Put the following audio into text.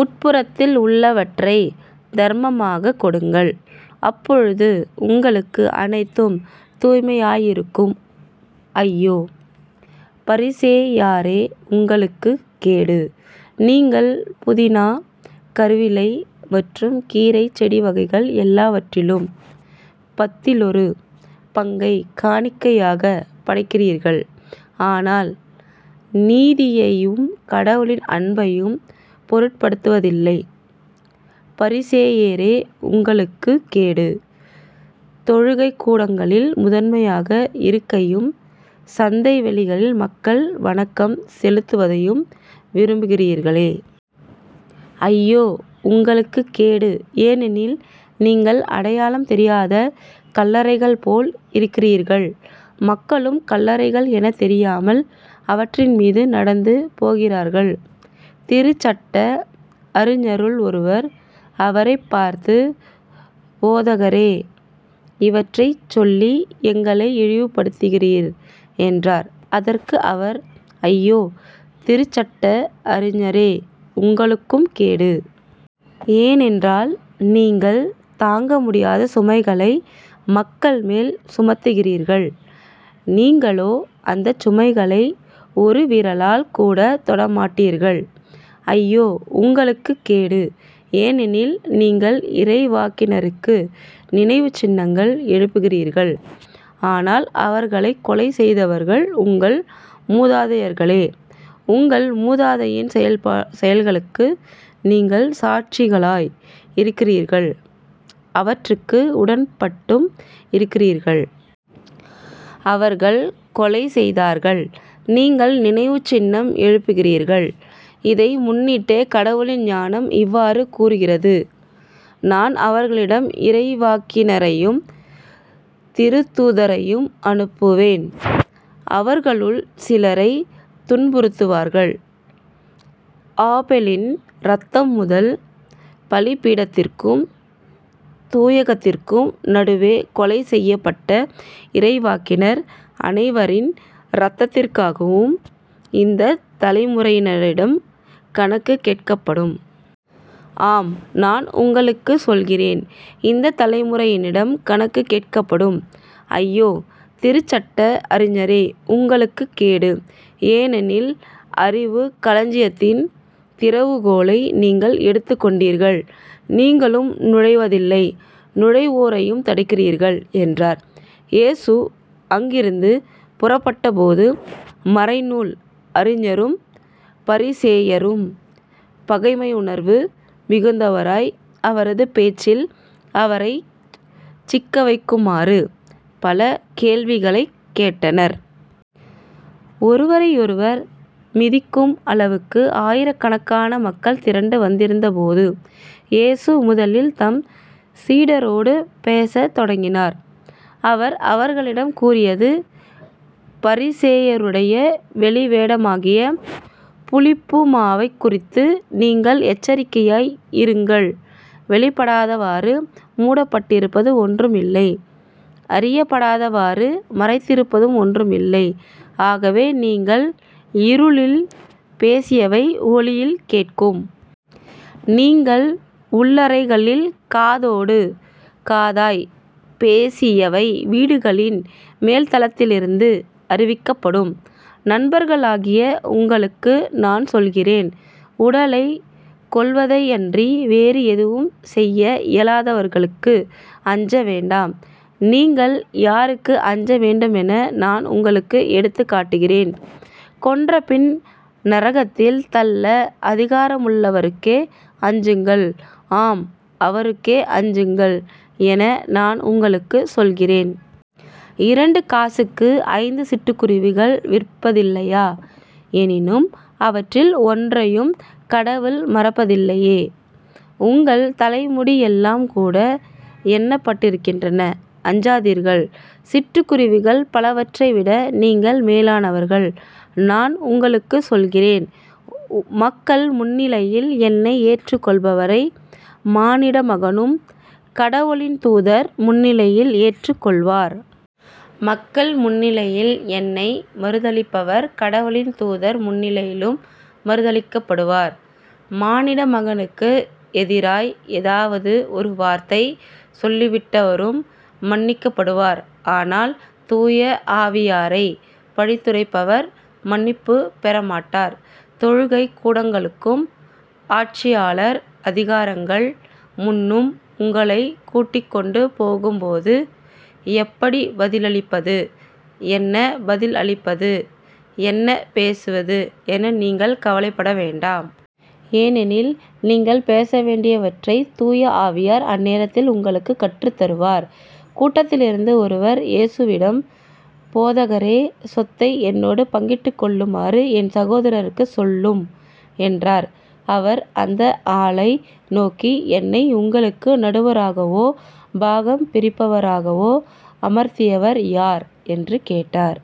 உட்புறத்தில் உள்ளவற்றைத் தர்மமாகக் கொடுங்கள். அப்பொழுது உங்களுக்கு அனைத்தும் தூய்மையாயிருக்கும். ஐயோ. பரிசேயரே உங்களுக்குக் கேடு. நீங்கள் புதினா கறிவிலை மற்றும் கீரைச் செடிவகைகள் எல்லாவற்றிலும் பத்திலொரு பங்கைக் காணிக்கையாகப் படைக்கிறீர்கள். ஆனால் நீதியையும் கடவுளின் அன்பையும் பொருட்படுத்துவதில்லை. பரிசேயரே உங்களுக்குக் கேடு. தொழுகைக் கூடங்களில் முதன்மையான இருக்கையும் சந்தை வெளிகளில் மக்கள் வணக்கம் செலுத்துவதையும் விரும்புகிறீர்களே. ஐயோ. உங்களுக்குக் கேடு. ஏனெனில் நீங்கள் அடையாளம் தெரியாத கல்லறைகள்போல் இருக்கிறீர்கள். மக்களும் கல்லறைகள் எனத் தெரியாமல் அவற்றின் மீது நடந்து போகிறார்கள். திருச்சட்ட அறிஞருள் ஒருவர் அவரைப் பார்த்து போதகரே இவற்றைச் சொல்லி எங்களை இழிவுபடுத்துகிறீர் என்றார். அதற்கு அவர் ஐயோ. திருச்சட்ட அறிஞரே உங்களுக்கும் கேடு. ஏனென்றால் நீங்கள் தாங்க முடியாத சுமைகளை மக்கள் மேல் சுமத்துகிறீர்கள் நீங்களோ அந்தச் சுமைகளை ஒரு விரலால் கூடத் தொடமாட்டீர்கள். ஐயோ. உங்களுக்குக் கேடு. ஏனெனில் நீங்கள் இறைவாக்கினருக்கு நினைவுச் சின்னங்கள் எழுப்புகிறீர்கள். ஆனால் அவர்களைக் கொலை செய்தவர்கள் உங்கள் மூதாதையர்களே. உங்கள் மூதாதையின் செயல்களுக்கு நீங்கள் சாட்சிகளாய் இருக்கிறீர்கள் அவற்றுக்கு உடன்பட்டும் இருக்கிறீர்கள். அவர்கள் கொலை செய்தார்கள் நீங்கள் நினைவுச் சின்னம் எழுப்புகிறீர்கள். இதை முன்னிட்டே கடவுளின் ஞானம் இவ்வாறு கூறுகிறது நான் அவர்களிடம் இறைவாக்கினரையும் திருத்தூதரையும் அனுப்புவேன். அவர்களுள் சிலரைத் துன்புறுத்துவார்கள். ஆபெலின் இரத்தம்முதல் பலிபீடத்திற்கும் தூயகத்திற்கும் நடுவே கொலை செய்யப்பட்ட இறைவாக்கினர் அனைவரின் இரத்தத்திற்காகவும் இந்தத் தலைமுறையினரிடம் கணக்குக் கேட்கப்படும். ஆம் நான் உங்களுக்குச் சொல்கிறேன் இந்த தலைமுறையினிடம் கணக்குக் கேட்கப்படும். ஐயோ. திருச்சட்ட அறிஞரே உங்களுக்குக் கேடு. ஏனெனில் அறிவுக் களஞ்சியத்தின் திறவுகோலை நீங்கள் எடுத்துக்கொண்டீர்கள். நீங்களும் நுழைவதில்லை நுழைவோரையும் தடுக்கிறீர்கள் என்றார். இயேசு அங்கிருந்து புறப்பட்டபோது மறைநூல் அறிஞரும் பரிசேயரும் பகைமையுணர்வு மிகுந்தவராய் அவரது பேச்சில் அவரைச் சிக்கவைக்குமாறு பல கேள்விகளைக் கேட்டனர். ஒருவரையொருவர் மிதிக்கும் அளவுக்கு ஆயிரக்கணக்கான மக்கள் திரண்டு வந்திருந்தபோது இயேசு முதலில் தம் சீடரோடு பேசத் தொடங்கினார். அவர் அவர்களிடம் கூறியது பரிசேயருடைய வெளிவேடமாகிய புளிப்பு மாவைக் குறித்து நீங்கள் எச்சரிக்கையாய் இருங்கள். வெளிப்படாதவாறு மூடப்பட்டிருப்பது ஒன்றும் இல்லை. அறியப்படாதவாறு மறைந்திருப்பதும் ஒன்றும் இல்லை. ஆகவே நீங்கள் இருளில் பேசியவை ஒளியில் கேட்கும். நீங்கள் உள்ளறைகளில் காதோடு காதாய்ப் பேசியவை வீடுகளின் மேல்தளத்திலிருந்து அறிவிக்கப்படும். நண்பர்களாகிய உங்களுக்கு நான் சொல்கிறேன் உடலைக் கொல்வதையன்றி வேறு எதுவும் செய்ய இயலாதவர்களுக்கு அஞ்ச வேண்டாம். நீங்கள் யாருக்கு அஞ்ச வேண்டுமென நான் உங்களுக்கு எடுத்துக் காட்டுகிறேன். கொன்றபின் நரகத்தில் தள்ள அதிகாரமுள்ளவருக்கே அஞ்சுங்கள் ஆம் அவருக்கே அஞ்சுங்கள் என நான் உங்களுக்குச் சொல்கிறேன். இரண்டு காசுக்கு ஐந்து சிட்டுக்குருவிகள் விற்பதில்லையா? எனினும் அவற்றில் ஒன்றையும் கடவுள் மறப்பதில்லையே. உங்கள் தலைமுடி எல்லாம் கூட எண்ணப்பட்டிருக்கின்றன. அஞ்சாதீர்கள் சிட்டுக்குருவிகள் பலவற்றை விட நீங்கள் மேலானவர்கள். நான் உங்களுக்குச் சொல்கிறேன் மக்கள் முன்னிலையில் என்னை ஏற்றுக் கொள்பவரை மானிடமகனும் கடவுளின் தூதர் முன்னிலையில் ஏற்றுக் கொள்வார். மக்கள் முன்னிலையில் என்னை மறுதலிப்பவர் கடவுளின் தூதர் முன்னிலையிலும் மறுதலிக்கப்படுவார். மானிடமகனுக்கு எதிராய் ஏதாவது ஒரு வார்த்தை சொல்லிவிட்டவரும் மன்னிக்கப்படுவார். ஆனால் தூய ஆவியாரைப் பழித்துரைப்பவர் மன்னிப்புப் பெறமாட்டார். தொழுகைக் கூடங்களுக்கும் ஆட்சியாளர் அதிகாரிகள் முன்னும் உங்களைக் கூட்டிக்கொண்டு போகும்போது எப்படிப் பதிலளிப்பது. என்ன பதில் அளிப்பது என்ன பேசுவது என நீங்கள் கவலைப்பட வேண்டாம். ஏனெனில் நீங்கள் பேசவேண்டியவற்றைத் தூய ஆவியார் அந்நேரத்தில் உங்களுக்குக் கற்றுத் தருவார். கூட்டத்திலிருந்து ஒருவர் இயேசுவிடம் போதகரே சொத்தை என்னோடு பங்கிட்டுக்கொள்ளுமாறு என் சகோதரருக்குச் சொல்லும் என்றார். அவர் அந்த ஆளை நோக்கி என்னை உங்களுக்கு நடுவராகவோ பாகம் பிரிப்பவராகவோ அமர்த்தியவர் யார்? என்று கேட்டார்.